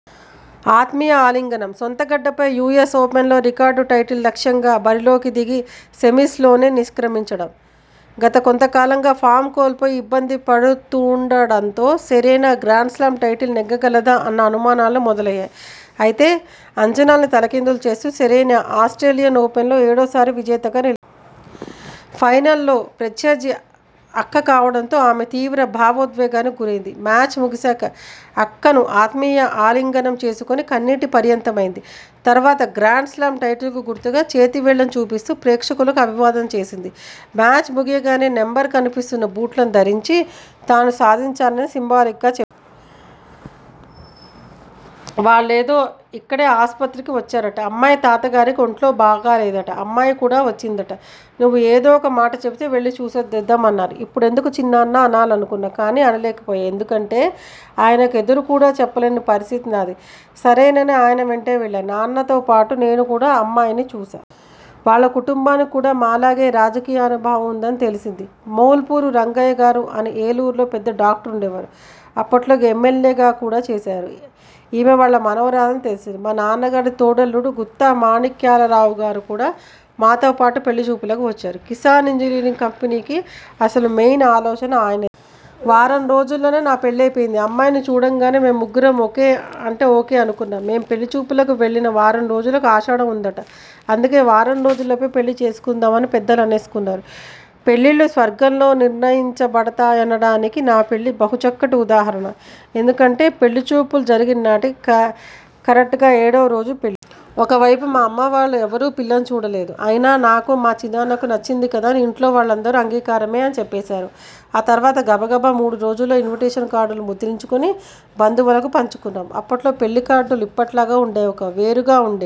ఆత్మీయ ఆలింగనం: సొంతగడ్డపై యూఎస్ ఓపెన్లో రికార్డు టైటిల్ లక్ష్యంగా బరిలోకి దిగి సెమీ్సలోనే నిష్క్రమించడం!! గత కొంత కాలంగా ఫామ్ కోల్పోయి ఇబ్బంది పడుతుండడంతో సెరెనా గ్రాండ్ స్లామ్ టైటిల్ నెగ్గగలదా అన్న అనుమానాలు మొదలయ్యాయి! అయితే అంచనాల్ని తలకిందులు చేస్తూ సెరెనా ఆస్ర్టేలియన్ ఓపెన్లో ఏడోసారి విజేతగా నిలిచింది. ఫైనల్లో ప్రత్యర్థి అక్క కావడంతో ఆమె తీవ్ర భావోద్వేగానికి గురైంది. మ్యాచ్ ముగిశాక అక్కను ఆత్మీయ ఆలింగనం చేసుకుని కన్నీటి పర్యంతమైంది. తర్వాత గ్రాండ్ స్లామ్ టైటిల్కు గుర్తుగా చేతి వేళ్లను చూపిస్తూ ప్రేక్షకులకు అభివాదం చేసింది. మ్యాచ్ ముగియగానే నెంబర్ కనిపిస్తున్న బూట్లను ధరించి తాను సాధించానని సింబాలిక్గా చెప్పి వాళ్లేదో ఇక్కడే ఆసుపత్రికి వచ్చారట. అమ్మాయి తాతగారికి ఒంట్లో బాగాలేదట. అమ్మాయికూడా వచ్చిందట. నువ్వు ఏదో ఓ మాటచెబితే వెళ్లి చూసొచ్చేద్దాం' అన్నారు. ''ఇప్పుడెందుకు చిన్నాన్నా'' అనాలనుకున్నా. కానీ అనలేకపోయా. ఎందుకంటే ఆయనకు ఎదురుకూడా చెప్పలేని పరిస్థితి నాది. సరేనని ఆయనవెంటే వెళ్లా. న్నాన్నతోపాటు నేనుకూడా అమ్మాయిని చూశా. వాళ్ల కుటుంబానికి కూడా మాలాగే రాజకీయానుబంధం ఉందని తెలిసింది. మూల్పూరి రంగయ్యగారు అని ఏలూరులో పెద్ద డాక్టర్ ఉండేవారు. అప్పట్లో ఎమ్మెల్యేగా కూడా చేశారు. ఈమె వాళ్ల మనవరాలని తెలిసింది. మా నాన్నగారి తోడల్లుడు గుత్తా మాణిక్యాలరావుగారు కూడా మాతోపాటు పెళ్ళి చూపులకు వచ్చారు. కిసాన్ ఇంజనీరింగ్ కంపెనీకి అసలు మెయిన్ ఆలోచన ఆయన వారంరోజుల్లోనే నా పెళ్ళైపోయిందిఅమ్మాయిని చూడగానే మేం ముగ్గురం ఓకే అంటే ఓకే అనుకున్నాం. మేం పెళ్ళి చూపులకు వెళ్లిన వారంరోజులకు ఆషాఢం ఉందట. అందుకే వారంరోజుల్లోనే పెళ్ళి చేసేసుకుందాం అని పెద్దలు అనేసుకున్నారు. పెళ్ళిళ్ళు స్వర్గంలో నిర్ణయించబడతాయనడానికి నా పెళ్ళి బహుచక్కటి ఉదాహరణ. ఎందుకంటే పెళ్ళిచూపులు జరిగిననాటికి కరెక్ట్గా ఏడోరోజు పెళ్ళి. ఒకవైపు మా అమ్మవాళ్లు ఎవరూ పిల్లని చూడలేదు. అయినా నాకు, మా చిన్నాన్నకి నచ్చింది కదా అని ఇంట్లో వాళ్ళందరూ అంగీకారమే అని చెప్పేశారు. ఆ తర్వాత గబగబా మూడురోజుల్లో ఇన్విటేషన్ కార్డులు ముద్రించుకుని బంధువులకు పంచుకున్నాం. అప్పట్లో పెళ్ళికార్డులు ఇప్పట్లాగా ఉండేవికావు. వేరుగా ఉండేవి.